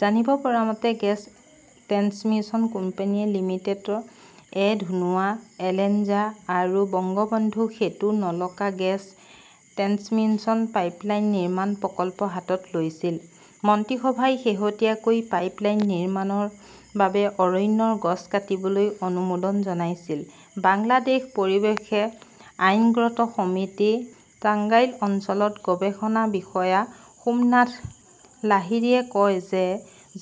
জানিব পৰা মতে, গেছ ট্ৰেন্সমিশ্যন কোম্পানী লিমিটেড -এ ধুনুৱা-এলেঙ্গা আৰু Bangabandhu Setu-Nalka gas transmission pipeline নিৰ্মাণ প্ৰকল্প হাতত লৈছিল। মন্ত্ৰীসভাই শেহতীয়াকৈ পাইপলাইন নিৰ্মাণৰ বাবে অৰণ্যৰ গছ কাটিবলৈ অনুমোদন জনাইছিল। বাংলাদেশ পৰিৱেশে আইনজ্ঞ সমিতিৰ টাঙ্গাইল অঞ্চলৰ গৱেষণা বিষয়া সোমনাথ লাহিৰীয়ে কয় যে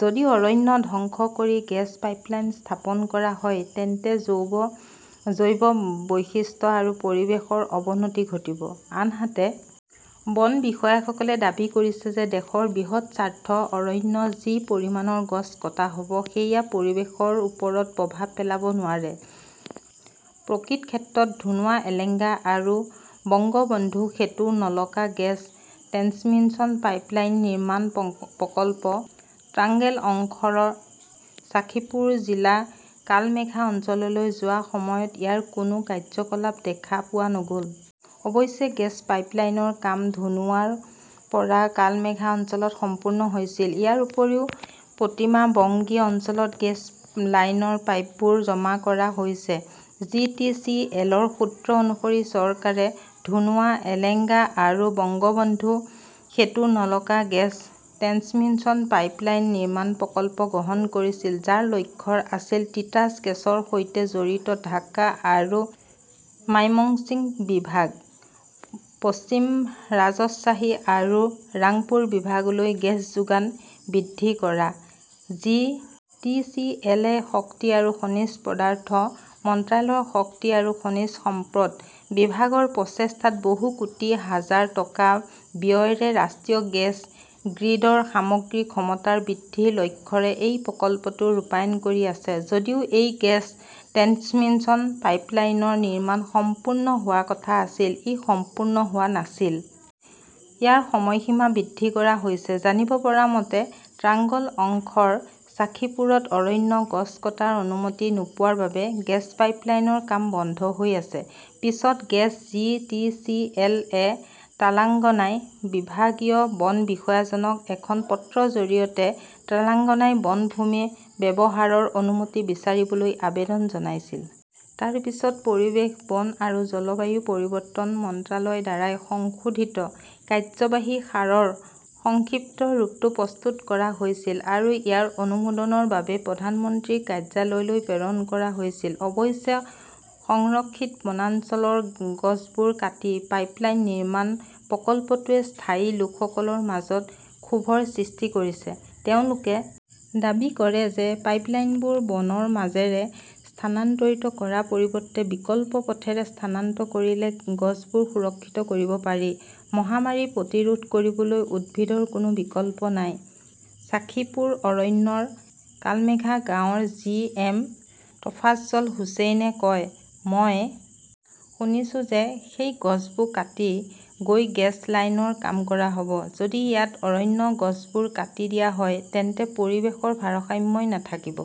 যদি অৰণ্য ধ্বংস কৰি গেছ পাইপলাইন স্থাপন কৰা হয় তেন্তে জৈৱ বৈচিত্ৰ্য আৰু পৰিৱেশৰ অৱনতি ঘটিব। আনহাতে, বন বিষয়াসকলে দাবী কৰিছে যে দেশৰ বৃহৎ স্বাৰ্থ অৰণ্যৰ যি পৰিমাণৰ গছ কটা হ'ব সেয়া পৰিৱেশৰ ওপৰত প্ৰভাৱ পেলাব নোৱাৰে। প্ৰকৃত ক্ষেত্ৰত, ধুনুৱা-এলেঙ্গা আৰু Bangabandhu Setu-Nalka gas transmission pipeline নিৰ্মাণ প প্ৰকল্পৰ তাংগেল অংশৰ ছাখীপুৰ জিলাৰ কালমেঘা অঞ্চললৈ যোৱাৰ সময়ত ইয়াৰ কোনো কাৰ্যকলাপ দেখা পোৱা নগ'ল। অৱশ্যে, গেছ পাইপলাইনৰ কাম ধুনুৱাৰ পৰা কালমেঘা অঞ্চলত সম্পূৰ্ণ হৈছিল । ইয়াৰ উপৰিও প্ৰতিমা বংকী অঞ্চলত গেছ লাইনৰ পাইপবোৰ জমা কৰা হৈছে। জি. টি. চি. এল. -ৰ সূত্ৰ অনুসৰি, চৰকাৰে "ধনুৱা-এলেঙ্গা আৰু Bangabandhu Setu-Nalka gas transmission pipeline নিৰ্মাণ প্ৰকল্প" গ্ৰহণ কৰিছিল, যাৰ লক্ষ্য আছিল তিতাছ গেছৰ সৈতে জড়িত ঢাকা আৰু মাইমশ্বিং বিভাগ, পশ্চিম ৰাজশ্বাহী আৰু ৰাংপুৰ বিভাগলৈ গেছৰ যোগান বৃদ্ধি কৰা। জি. টি. চি. এল. -এ শক্তি আৰু খনিজ পদাৰ্থ মন্ত্ৰালয়ৰ শক্তি আৰু খনিজ সম্পদ বিভাগৰ প্ৰচেষ্টাত বহু কোটি হাজাৰ টকা ব্যয়েৰে ৰাষ্ট্ৰীয় গেছ গ্ৰীডৰ সামগ্ৰিক ক্ষমতা বৃদ্ধিৰ লক্ষ্যৰে এই প্ৰকল্পটো ৰূপায়ণ কৰি আছে। যদিও এই গেছ ট্ৰেন্সমিশ্যন পাইপলাইনৰ নিৰ্মাণ সম্পূৰ্ণ হোৱাৰ কথা আছিল, ই সম্পূৰ্ণ হোৱা নাছিল। ইয়াৰ সময়সীমা বৃদ্ধি কৰা হৈছে। জানিব পৰা মতে, টাংগল অংশৰ ছাখীপুৰত অৰণ্যৰ গছ কটাৰ অনুমতি নোপোৱাৰ বাবে গেছ পাইপলাইনৰ কাম বন্ধ হৈ আছে। পিছত gas G. T. C. L. -এ তাংগাইলৰ বিভাগীয় বন বিষয়াজনক এখন পত্ৰৰ জৰিয়তে তাংগাইল বনভূমি ব্যৱহাৰৰ অনুমতি বিচাৰিবলৈ আবেদন জনাইছিল। তাৰ পিছত পৰিৱেশ, বন আৰু জলবায়ু পৰিৱৰ্তন মন্ত্ৰালয়ৰ দ্বাৰা সংশোধিত কাৰ্যবাহী সাৰৰ সংক্ষিপ্ত ৰূপটো প্ৰস্তুত কৰা হৈছিল আৰু ইয়াক অনুমোদনৰ বাবে প্ৰধানমন্ত্ৰীৰ কাৰ্যালয়লৈ প্ৰেৰণ কৰা হৈছিল। অৱশ্যে, সংৰক্ষিত বনাঞ্চলৰ গছবোৰ কাটি পাইপলাইন নিৰ্মাণ প্ৰকল্পটোৱে স্থায়ী লোকসকলৰ মাজত ক্ষোভৰ সৃষ্টি কৰিছে। তেওঁলোকে দাবী কৰে যে পাইপ লাইনবোৰ বনৰ মাজেৰে স্থানান্তৰিত কৰাৰ পৰিৱৰ্তে বিকল্প পথেৰে স্থানান্তৰ কৰিলে গছবোৰ সুৰক্ষিত কৰিব পাৰি। "মহামাৰী প্ৰতিৰোধ কৰিবলৈ উদ্ভিদৰ কোনো বিকল্প নাই", ছাখীপুৰ অৰণ্যৰ কালমেঘা গাঁৱৰ জি. এম. টফাজ্জল হুচেইনে কয়। মই শুনিছোঁ যে সেই গছবোৰ কাটি গৈ গেছ লাইনৰ কাম কৰা হ'ব। যদি ইয়াত অৰণ্যৰ গছবোৰ কাটি দিয়া হয় তেন্তে পৰিৱেশৰ ভাৰসাম্য নাথাকিব।